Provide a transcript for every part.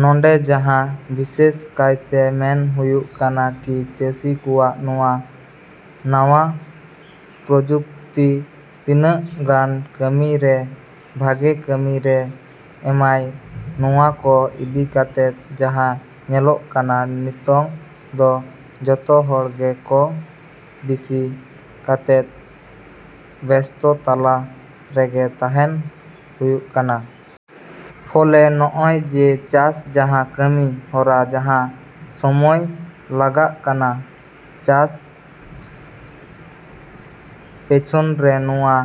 ᱱᱚᱸᱰᱮ ᱡᱟᱦᱟᱸ ᱵᱤᱥᱮᱥ ᱠᱟᱭᱛᱮ ᱢᱮᱱ ᱦᱩᱭᱩᱜ ᱠᱟᱱᱟ ᱠᱤ ᱪᱟᱹᱥᱤ ᱠᱚᱣᱟᱜ ᱱᱚᱣᱟ ᱱᱟᱣᱟ ᱯᱨᱚᱡᱩᱠᱛᱤ ᱛᱤᱱᱟᱹᱜ ᱜᱟᱱ ᱠᱟᱹᱢᱤ ᱨᱮ ᱵᱷᱟᱜᱮ ᱠᱟᱹᱢᱤ ᱨᱮ ᱮᱢᱟᱭ, ᱱᱚᱣᱟ ᱠᱚ ᱤᱫᱤ ᱠᱟᱛᱮᱫ ᱡᱟᱦᱟᱸ ᱧᱮᱞᱚᱜ ᱠᱟᱱᱟ ᱱᱤᱛᱳᱝ ᱫᱚ ᱡᱚᱛᱚ ᱦᱚᱲ ᱜᱮ ᱠᱚᱢ ᱵᱤᱥᱤ ᱠᱟᱛᱮᱫ ᱵᱮᱥᱛᱚ ᱛᱟᱞᱟ ᱨᱮᱜᱮ ᱛᱟᱦᱮᱱ ᱦᱩᱭᱩᱜ ᱠᱟᱱᱟ᱾ ᱯᱷᱚᱞᱮ ᱱᱚᱜ-ᱚᱭ ᱡᱮ ᱪᱟᱥ ᱡᱟᱦᱟᱸ ᱠᱟᱹᱢᱤ ᱦᱚᱨᱟ ᱡᱟᱦᱟᱸ ᱥᱚᱢᱚᱭ ᱞᱟᱜᱟᱜ ᱠᱟᱱᱟ ᱪᱟᱥ ᱯᱮᱪᱷᱚᱱ ᱨᱮ, ᱱᱚᱣᱟ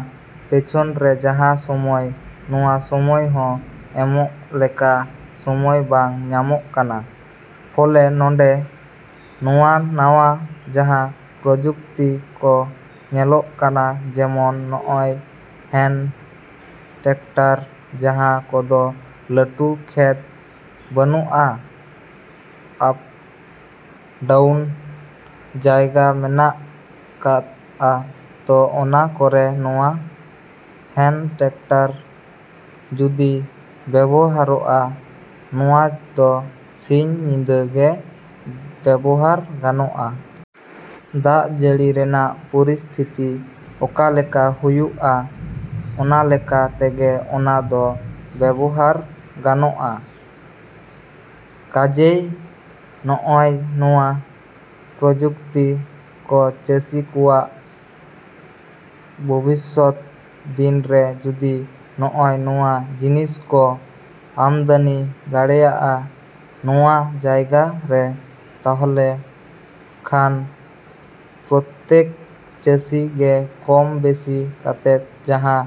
ᱯᱮᱪᱷᱚᱱ ᱨᱮ ᱡᱟᱦᱟᱸ ᱥᱚᱢᱚᱭ, ᱱᱚᱣᱟ ᱥᱚᱢᱚᱭ ᱦᱚᱸ ᱮᱢᱚᱜ ᱞᱮᱠᱟ ᱥᱚᱢᱚᱭ ᱵᱟᱝ ᱧᱟᱢᱚᱜ ᱠᱟᱱᱟ᱾ ᱯᱷᱚᱞᱮ ᱱᱚᱸᱰᱮ ᱱᱚᱣᱟ ᱱᱟᱣᱟ ᱡᱟᱦᱟᱸ ᱯᱨᱚᱡᱩᱠᱛᱤ ᱠᱚ ᱧᱮᱞᱚᱜ ᱠᱟᱱᱟ ᱡᱮᱢᱚᱱ ᱱᱚᱜ-ᱚᱭ ᱦᱮᱱ ᱴᱮᱠᱴᱟᱨ ᱡᱟᱦᱟᱸ ᱠᱚᱫᱚ ᱞᱟᱹᱴᱩ ᱠᱷᱮᱛ ᱵᱟᱹᱱᱩᱜ-ᱟ, ᱟᱯᱰᱟᱣᱩᱱ ᱡᱟᱭᱜᱟ ᱢᱮᱱᱟᱜ ᱠᱟᱫ-ᱟ, ᱛᱚ ᱚᱱᱟ ᱠᱚᱨᱮ ᱱᱚᱣᱟ ᱦᱮᱱ ᱴᱮᱠᱴᱟᱨ ᱡᱩᱫᱤ ᱵᱮᱵᱚᱦᱟᱨᱚᱜ-ᱟ, ᱱᱚᱣᱟ ᱫᱚ ᱥᱤᱧ ᱧᱤᱫᱟᱹ ᱜᱮ ᱵᱮᱵᱚᱦᱟᱨ ᱜᱟᱱᱚᱜᱼᱟ᱾ ᱫᱟᱜ ᱡᱟᱹᱲᱤ ᱨᱮᱱᱟᱜ ᱯᱚᱨᱤᱥᱛᱷᱤᱛᱤ ᱚᱠᱟᱞᱮᱠᱟ ᱦᱩᱭᱩᱜ-ᱟ, ᱚᱱᱟᱞᱮᱠᱟ ᱛᱮᱜᱮ ᱚᱱᱟ ᱫᱚ ᱵᱮᱵᱚᱦᱟᱨ ᱜᱟᱱᱚᱜ-ᱟ᱾ ᱠᱟᱡᱮᱭ ᱱᱚᱜ-ᱚᱭ ᱱᱚᱣᱟ ᱯᱨᱚᱡᱩᱠᱛᱤ ᱠᱚ ᱪᱟᱹᱥᱤ ᱠᱚᱣᱟᱜ ᱵᱷᱚᱵᱤᱥᱥᱚᱛ ᱫᱤᱱ ᱨᱮ ᱡᱩᱫᱤ ᱱᱚᱜ-ᱚᱭ ᱱᱚᱣᱟ ᱡᱤᱱᱤᱥ ᱠᱚ ᱟᱢᱫᱟᱱᱤ ᱫᱟᱲᱮᱭᱟᱜ-ᱟ, ᱱᱚᱣᱟ ᱡᱟᱭᱜᱟ ᱨᱮ ᱛᱟᱦᱞᱮ ᱠᱷᱟᱱ ᱯᱨᱚᱛᱛᱮᱠ ᱪᱟᱹᱥᱤ ᱜᱮ ᱠᱚᱢ ᱵᱮᱥᱤ ᱠᱟᱛᱮᱫ ᱡᱟᱦᱟᱸ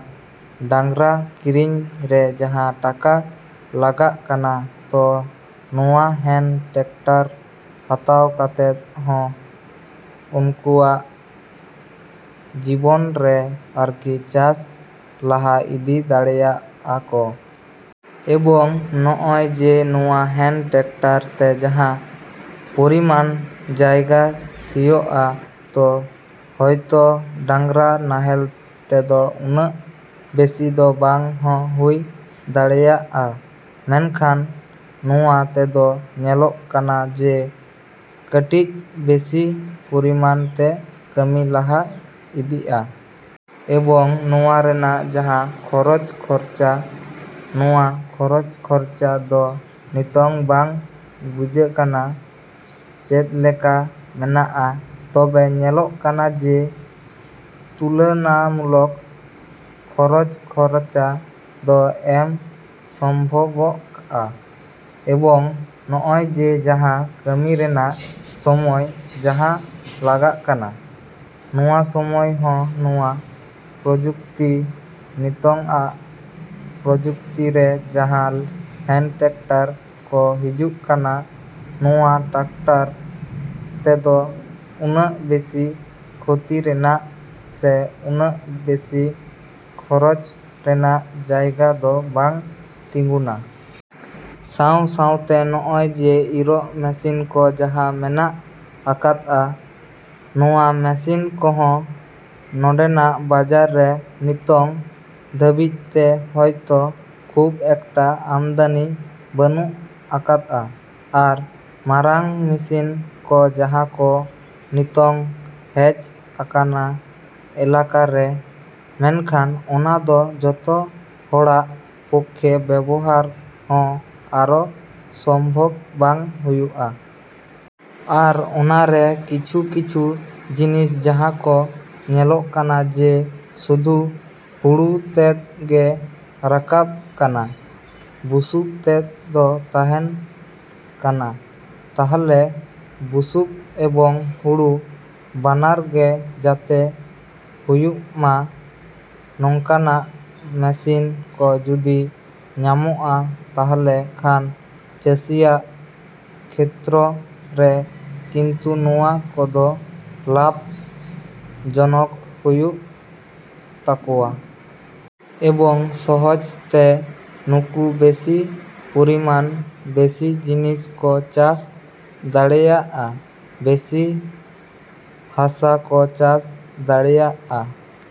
ᱰᱟᱝᱨᱟ ᱠᱤᱨᱤᱧ ᱨᱮ ᱡᱟᱦᱟᱸ ᱴᱟᱠᱟ ᱞᱟᱜᱟᱜ ᱠᱟᱱᱟ, ᱛᱚ ᱱᱚᱣᱟ ᱦᱮᱱ ᱴᱟᱠᱴᱟᱨ ᱦᱟᱛᱟᱣ ᱠᱟᱛᱮᱫ ᱦᱚᱸ ᱩᱱᱠᱩᱣᱟᱜ ᱡᱤᱵᱚᱱ ᱨᱮ ᱟᱨᱠᱤ ᱪᱟᱥ ᱞᱟᱦᱟ ᱤᱫᱤ ᱫᱟᱲᱮᱭᱟᱜ-ᱟ ᱠᱚ᱾ ᱮᱵᱚᱝ ᱱᱚᱜ-ᱚᱭ ᱡᱮ, ᱱᱚᱣᱟ ᱦᱮᱱ ᱴᱮᱠᱴᱟᱨ ᱛᱮ ᱡᱟᱦᱟᱸ ᱯᱚᱨᱤᱢᱟᱱ ᱡᱟᱭᱜᱟ ᱥᱤᱭᱚᱜᱼᱟ, ᱛᱚ ᱦᱳᱭᱛᱳ ᱰᱟᱝᱨᱟ ᱱᱟᱦᱮᱞ ᱛᱮᱫᱚ ᱩᱱᱟᱹᱜ ᱵᱮᱥᱤ ᱫᱚ ᱵᱟᱝ ᱦᱚᱸ ᱦᱩᱭ ᱫᱟᱲᱮᱭᱟᱜ-ᱟ᱾ ᱢᱮᱱᱠᱷᱟᱱ ᱱᱚᱣᱟ ᱛᱮᱫᱚ ᱧᱮᱞᱚᱜ ᱠᱟᱱᱟ ᱡᱮ ᱠᱟᱹᱴᱤᱡ ᱵᱮᱥᱤ ᱯᱚᱨᱤᱢᱟᱱ ᱛᱮ ᱠᱟᱹᱢᱤ ᱞᱟᱦᱟ ᱤᱫᱤᱜ-ᱟ᱾ ᱮᱵᱚᱝ ᱱᱚᱣᱟ ᱨᱮᱱᱟᱜ ᱡᱟᱦᱟᱸ ᱠᱷᱚᱨᱚᱪ ᱠᱷᱚᱨᱪᱟ, ᱱᱚᱣᱟ ᱠᱷᱚᱨᱚᱪ ᱠᱷᱚᱨᱪᱟ ᱫᱚ ᱱᱤᱛᱳᱝ ᱵᱟᱝ ᱵᱩᱡᱟᱠᱟᱱᱟ, ᱪᱮᱫᱞᱮᱠᱟ ᱢᱮᱱᱟᱜ-ᱟ? ᱛᱚᱵᱮ ᱧᱮᱞᱚᱜ ᱠᱟᱱᱟ ᱡᱮ, ᱛᱩᱞᱚᱱᱟᱢᱩᱞᱚᱠ ᱠᱷᱚᱨᱚᱪ ᱠᱷᱚᱨᱪᱟ ᱫᱚ ᱮᱢ ᱥᱚᱢᱵᱷᱚᱵᱚᱜ-ᱟ, ᱮᱵᱚᱝ ᱱᱚᱜ-ᱚᱭ ᱡᱮ, ᱡᱟᱦᱟᱸ ᱠᱟᱹᱢᱤ ᱨᱮᱱᱟᱜ ᱥᱚᱢᱚᱭ ᱡᱟᱦᱟᱸ ᱞᱟᱜᱟᱜ ᱠᱟᱱᱟ, ᱱᱚᱣᱟ ᱥᱚᱢᱚᱭ ᱦᱚᱸ ᱱᱚᱣᱟ ᱯᱨᱚᱡᱩᱠᱛᱤ, ᱱᱤᱛᱳᱝᱟᱜ ᱯᱨᱚᱡᱩᱠᱛᱤ ᱨᱮ ᱡᱟᱦᱟᱸ ᱦᱮᱱ ᱴᱟᱠᱴᱟᱨ ᱠᱚ ᱦᱤᱡᱩᱜ ᱠᱟᱱᱟ, ᱱᱚᱣᱟ ᱴᱟᱠᱴᱟᱨ ᱛᱮᱫᱚ ᱩᱱᱟᱹᱜ ᱵᱮᱥᱤ ᱠᱷᱚᱛᱤ ᱨᱮᱱᱟᱜ ᱥᱮ ᱩᱱᱟᱹᱜ ᱵᱮᱥᱤ ᱠᱷᱚᱨᱚᱪ ᱨᱮᱱᱟᱜ ᱡᱟᱭᱜᱟ ᱫᱚ ᱵᱟᱝ ᱛᱤᱸᱜᱩᱱᱟ᱾ ᱥᱟᱶ ᱥᱟᱶᱛᱮ ᱱᱚᱜ-ᱚᱭ ᱡᱮ ᱤᱨᱚᱜ ᱢᱮᱥᱤᱱ ᱠᱚ ᱡᱟᱦᱟᱸ ᱢᱮᱱᱟᱜ ᱟᱠᱟᱫᱼᱟ, ᱱᱚᱣᱟ ᱢᱮᱥᱤᱱ ᱠᱚᱦᱚᱸ ᱱᱚᱸᱰᱮᱱᱟᱜ ᱵᱟᱡᱟᱨ ᱨᱮ ᱱᱤᱛᱳᱝ ᱫᱷᱟᱹᱵᱤᱡ ᱛᱮ ᱦᱳᱭᱛᱳ ᱠᱷᱩᱵ ᱮᱠᱴᱟ ᱟᱢᱫᱟᱱᱤ ᱵᱟᱹᱱᱩᱜ ᱟᱠᱟᱫ-ᱟ᱾ ᱟᱨ ᱢᱟᱨᱟᱝ ᱢᱤᱥᱤᱱ ᱠᱚ ᱡᱟᱦᱟᱸ ᱠᱚ ᱱᱤᱛᱳᱝ ᱦᱮᱡ ᱟᱠᱟᱱᱟ ᱮᱞᱟᱠᱟ ᱨᱮ, ᱢᱮᱱᱠᱷᱟᱱ ᱚᱱᱟ ᱫᱚ ᱡᱚᱛᱚ ᱦᱚᱲᱟᱜ ᱯᱚᱠᱠᱷᱮ ᱵᱮᱵᱚᱦᱟᱨ ᱦᱚᱸ ᱟᱨᱚ ᱥᱚᱢᱵᱷᱚᱵᱽ ᱵᱟᱝ ᱦᱩᱭᱩᱜ-ᱟ᱾ ᱟᱨ ᱚᱱᱟ ᱨᱮ ᱠᱤᱪᱷᱩ ᱠᱤᱪᱷᱩ ᱡᱤᱱᱤᱥ ᱡᱟᱦᱟᱸ ᱠᱚ ᱧᱮᱞᱚᱜ ᱠᱟᱱᱟ ᱡᱮ ᱥᱩᱫᱩ ᱦᱩᱲᱩ ᱛᱮᱫ ᱜᱮ ᱨᱟᱠᱟᱵ ᱠᱟᱱᱟ, ᱵᱩᱥᱩᱵ ᱛᱮᱫ ᱫᱚ ᱛᱟᱦᱮᱱ ᱠᱟᱱᱟ᱾ ᱛᱟᱦᱞᱮ ᱵᱩᱥᱩᱵ ᱮᱵᱚᱝ ᱦᱩᱲᱩ ᱵᱟᱱᱟᱨ ᱜᱮ ᱡᱟᱛᱮ ᱦᱩᱭᱩᱜ-ᱢᱟ, ᱱᱚᱝᱠᱟᱱᱟᱜ ᱢᱮᱥᱤᱱ ᱠᱚ ᱡᱩᱫᱤ ᱧᱟᱢᱚᱜ-ᱟ, ᱛᱟᱦᱞᱮ ᱠᱷᱟᱱ ᱪᱟᱹᱥᱤᱭᱟᱜ ᱠᱷᱮᱛᱨᱚ ᱨᱮ ᱠᱤᱱᱛᱩ ᱱᱚᱣᱟ ᱠᱚᱫᱚ ᱞᱟᱵᱷ ᱡᱚᱱᱚᱠ ᱦᱩᱭᱩᱜ ᱛᱟᱠᱚᱣᱟ᱾ ᱮᱵᱚᱝ ᱥᱚᱦᱚᱡᱽ ᱛᱮ ᱱᱩᱠᱩ ᱵᱮᱥᱤ ᱯᱚᱨᱤᱢᱟᱱ ᱵᱮᱥᱤ ᱡᱤᱱᱤᱥ ᱠᱚ ᱪᱟᱥ ᱫᱟᱲᱮᱭᱟᱜ-ᱟ, ᱵᱮᱥᱤ ᱦᱟᱥᱟ ᱠᱚ ᱪᱟᱥ ᱫᱟᱲᱮᱭᱟᱜ-ᱟ।